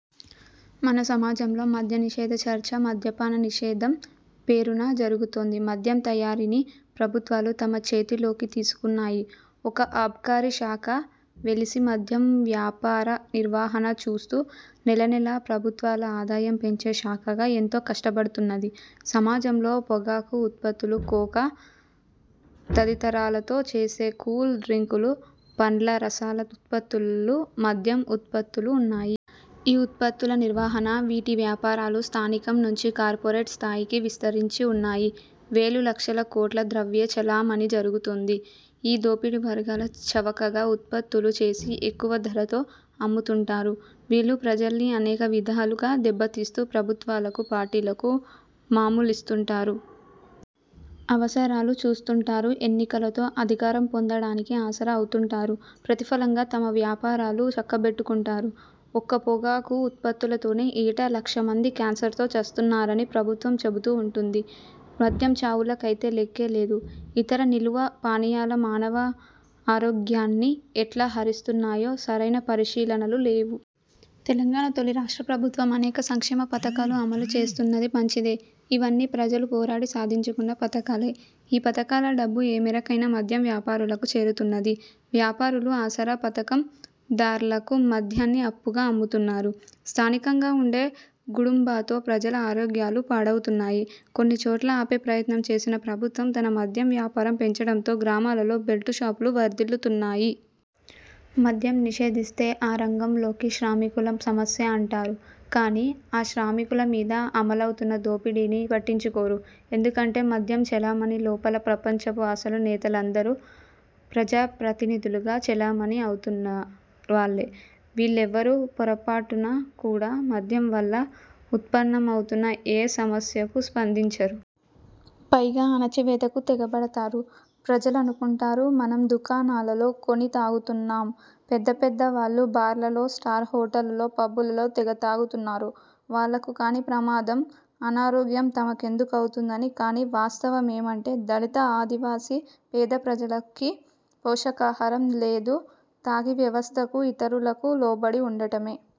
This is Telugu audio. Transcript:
మన సమాజంలో 'మద్యనిషేధ' చర్చ 'మద్యపాన నిషేధం' పేరున జరుగుతోంది. మద్యం తయారీని ప్రభుత్వాలు తమ చేతిలోకి తీసుకున్నాయి. ఒక ఆబ్కారీ శాఖ వెలిసి మద్యం వ్యాపార నిర్వహణ చూస్తూ నెలనెలా ప్రభుత్వాల ఆదాయం పెంచే శాఖగా ఎంతో కష్టపడుతున్నది. సమాజంలో పొగాకు ఉత్పత్తులు, కోకా తదితరాలతో చేసే కూల్ డ్రింకులు, పండ్ల రసాల ఉత్పత్తులు, మద్యం ఉత్పత్తులు ఉన్నాయి. ఈ ఉత్పత్తుల నిర్వహణ, వీటి వ్యాపారాలు స్థానికం నుంచి కార్పొరేట్ స్థాయికి విస్తరించి వున్నాయి. వేలు, లక్షల కోట్ల ద్రవ్య చలామణి జరుగుతోంది. ఈ దోపిడీ వర్గాలు చవకగా ఉత్పత్తులు చేసి ఎక్కువ ధరలతో అమ్ముతుంటారు. వీళ్ళు ప్రజల్ని అనేక విధాలుగా దెబ్బతీస్తూ ప్రభుత్వాలకు పార్టీలకు మామూళ్ళిస్తుంటారు. అవసరాలు చూస్తుంటారు. ఎన్నికలతో అధికారం పొందడానికి ఆసరా అవుతుంటారు. ప్రతిఫలంగా తమ వ్యాపారాలు చక్కబెట్టుకుంటారు. ఒక్క పొగాకు ఉత్పత్తులతోనే ఏటా లక్షమంది కేన్సర్తో చస్తున్నారని ప్రభుత్వం చెబుతూ వుంటుంది. మద్యం చావులకైతే లెక్కే లేదు. ఇతర నిలువ పానీయాలు మానవ ఆరోగ్యాన్ని ఎట్లా హరిస్తున్నాయో సరైన పరిశీనలు లేవు. తెలంగాణ తొలి రాష్ట్ర ప్రభుత్వం అనేక సంక్షేమ పథకాలు అమలు చేస్తున్నది. మంచిదే; ఇవన్నీ ప్రజలు పోరాడి సాధించుకున్న పథకాలే. ఈ పథకాల డబ్బు ఏమేరకైనా మద్యం వ్యాపారులకు చేరుతున్నది. వ్యాపారులు ఆసరా పథకం దార్లకు మద్యాన్ని అప్పుగా అమ్ముతున్నారు. స్థానికంగా వండే గుడుంబాతో ప్రజల ఆరోగ్యాలు పాడవుతున్నాయని కొన్ని చోట్ల ఆపే ప్రయత్నం చేసిన ప్రభుత్వం తన మద్యం వ్యాపారం పెంచటంతో గ్రామాలలో బెల్టు షాపులు వర్ధిల్లుతున్నాయి. మద్యం నిషేధిస్తే ఆ రంగంలోకి శ్రామికుల సమస్య అంటారు. కానీ ఆ శ్రామికుల మీద అమలవుతున్న దోపిడీని పట్టించుకోరు. ఎందుకంటే మద్యం చలామణి లోపలి ప్రపంచపు అసలు నేతలందరూ ప్రజాప్రతినిధులుగా చలామణి అవుతున్న వాళ్ళే. వీళ్ళెవ్వరూ పొరపాటున కూడా మద్యం వల్ల ఉత్పన్నమవుతున్న ఏ సమ స్యకూ స్పందించరు. పైగా అణచివేతకు తెగబడతారు. ప్రజలనుకుంటారు 'మనం దుకాణాలలో కొని తాగుతున్నాం. పెద్ద పెద్ద వాళ్ళు బార్లలో, స్టార్ హోటళ్ళలో పబ్బులలో తెగ తాగుతున్నారు. వాళ్ళకు కాని ప్రమాదం, అనారోగ్యం తమకెందుకవుతుందని'. కానీ వాస్తవం ఏమంటే దళిత, ఆదివాసీ, పేద ప్రజలకి పోషకాహారం లేదు. తాగి వ్యవస్థకు, ఇతరులకు లోబడి వుండడమే.